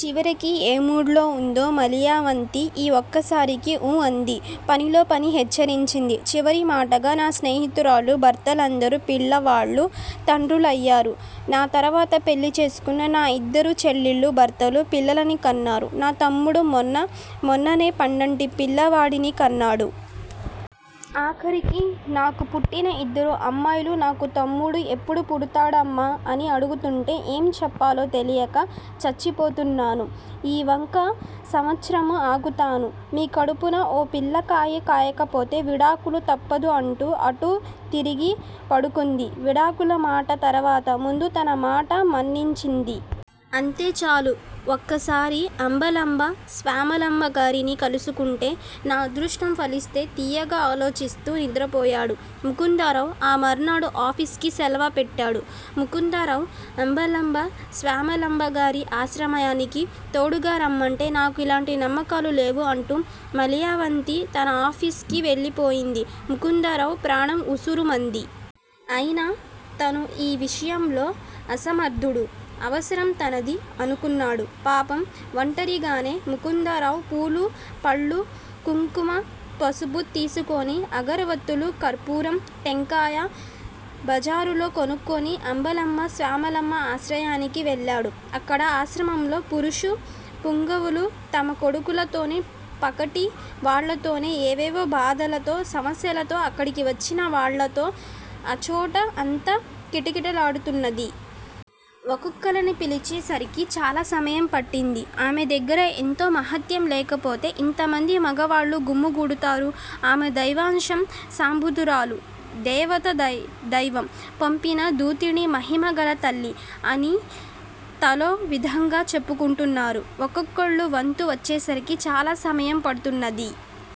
చివరికి ఏ మూడ్ లో వుందో మలయవంతి ఈ వక్కసారికి ఊ అంది పనిలో పని హెచ్చరించింది. చివరి మాటగ నా స్నేహితురాళ్ళు భర్తలందరూ పిల్లవాళ్ళు తండ్రులయారు, నా తర్వాత పెళ్ళి చేసుకున్న నా ఇద్దరు చెల్లెళ్ళు భర్తలు పిల్లలని కన్నారు. నా తమ్ముడు మొన్న మొన్ననే పండంటి పిల్లవాడిని కన్నాడు. ఆఖరికి నాకు పుట్టిన ఇద్దరు అమ్మాయిలు నాకు తమ్ముడు ఎప్పుడు పుడతాడు అమ్మా అని అడుగుతుంటే ఏం చెప్పాలో తెలియక చచ్చిపోతున్నాను. ఈ వక్క సంవత్సరమ ఆగుతాను. మీ కడుపునా ఓ పిల్లకాయ కాయకపోతే విడాకులు తప్పదు అంటూ అటు తిరిగి పడుకుంది. విడాకుల మాట తర్వాత ముందు తన మాట మన్నించింది. అంతే చాలు. వక్కసారి అంబలంబ స్వాములమ్మగారిని కల్సుకుంటే నా అదృష్టం ఫలిస్తే తీయగ ఆలోచిస్తూ నిద్రపోయాడు ముకుందరావు. ఆ మర్నాడు ఆఫీసుకి శెలవ పెట్టాడు ముకుందరావు. అంబలంబ స్వాములమ్మగారి ఆశ్రమానికి తోడుగరమ్మంటే నాకు ఇలాంటి నమ్మకాలు లేవు అంటూ మలయవంతి తన ఆఫీసుకి వెళ్ళిపోయింది. ముకుందరావు ప్రాణం వుసూరుమంది. అయినా తను యీ విషయంలో అసమర్ధుడు. అవసరం తనది అనుకున్నాడు. పాపం వంటరిగానే ముకుందరావు పూలు పళ్ళు కుంకుమ పసుపు తీసుకోని అగరవత్తులు కర్పూరం టెంకాయ జబారులో కొనుక్కుని అంబులంబ స్వాములమ్మ ఆశ్రమానికి వెళ్ళాడు. అక్కడ. ఆశ్రమంలో పురుష్ పుంగవులు తమ కొడుకులతోని పగటి వాళ్ళతోని ఏవేవో బాధలతో సమస్యలతో అక్కడికి వచ్చిన వాళ్ళతో ఆచోటఅంత కిటకిటలాడుతున్నది. ఒక్కొక్కళ్ళని పిలిచే సారికి చాలా సమయం పట్టింది. ఆమె దగ్గర ఎంతో మహాత్యం లేకపోతే ఇంతమంది మగవాళ్ళు గుమ్ము గూడుతారు. ఆమె దైవాంశ సంభూతురాలు దేవత తెవము థై దైవం పంపిన దూతిణి మహిమగల తల్లి. అని తలో విధంగ చెప్పుకుంటున్నారు. ఒక్కొక్కళ్ళ వంతు వచ్చేసారికి చాలా సమయం పడుతున్నది.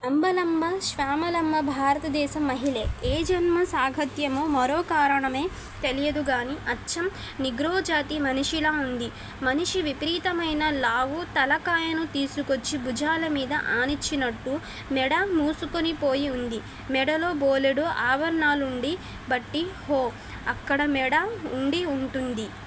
అంబలంబ స్వామలమ్మ భారతదేశం మహిళే. ఏ జన్మ సాంగత్యమో మరో కారణమే తెలియదుగాని అచ్చం నీగ్రోజాతి మనిషిలా ఉంది మనిషి విపరీతమైన లావు తల కాయను తీసుకొచ్చి భుజాల మీద ఆనించినట్టు మెడ మూసుకొని పోయి వుంది. మెడలో బోలెడు ఆభరణాలుండి బట్టి ఓ! అక్కడ మెడ ఉండి వుంటుంది.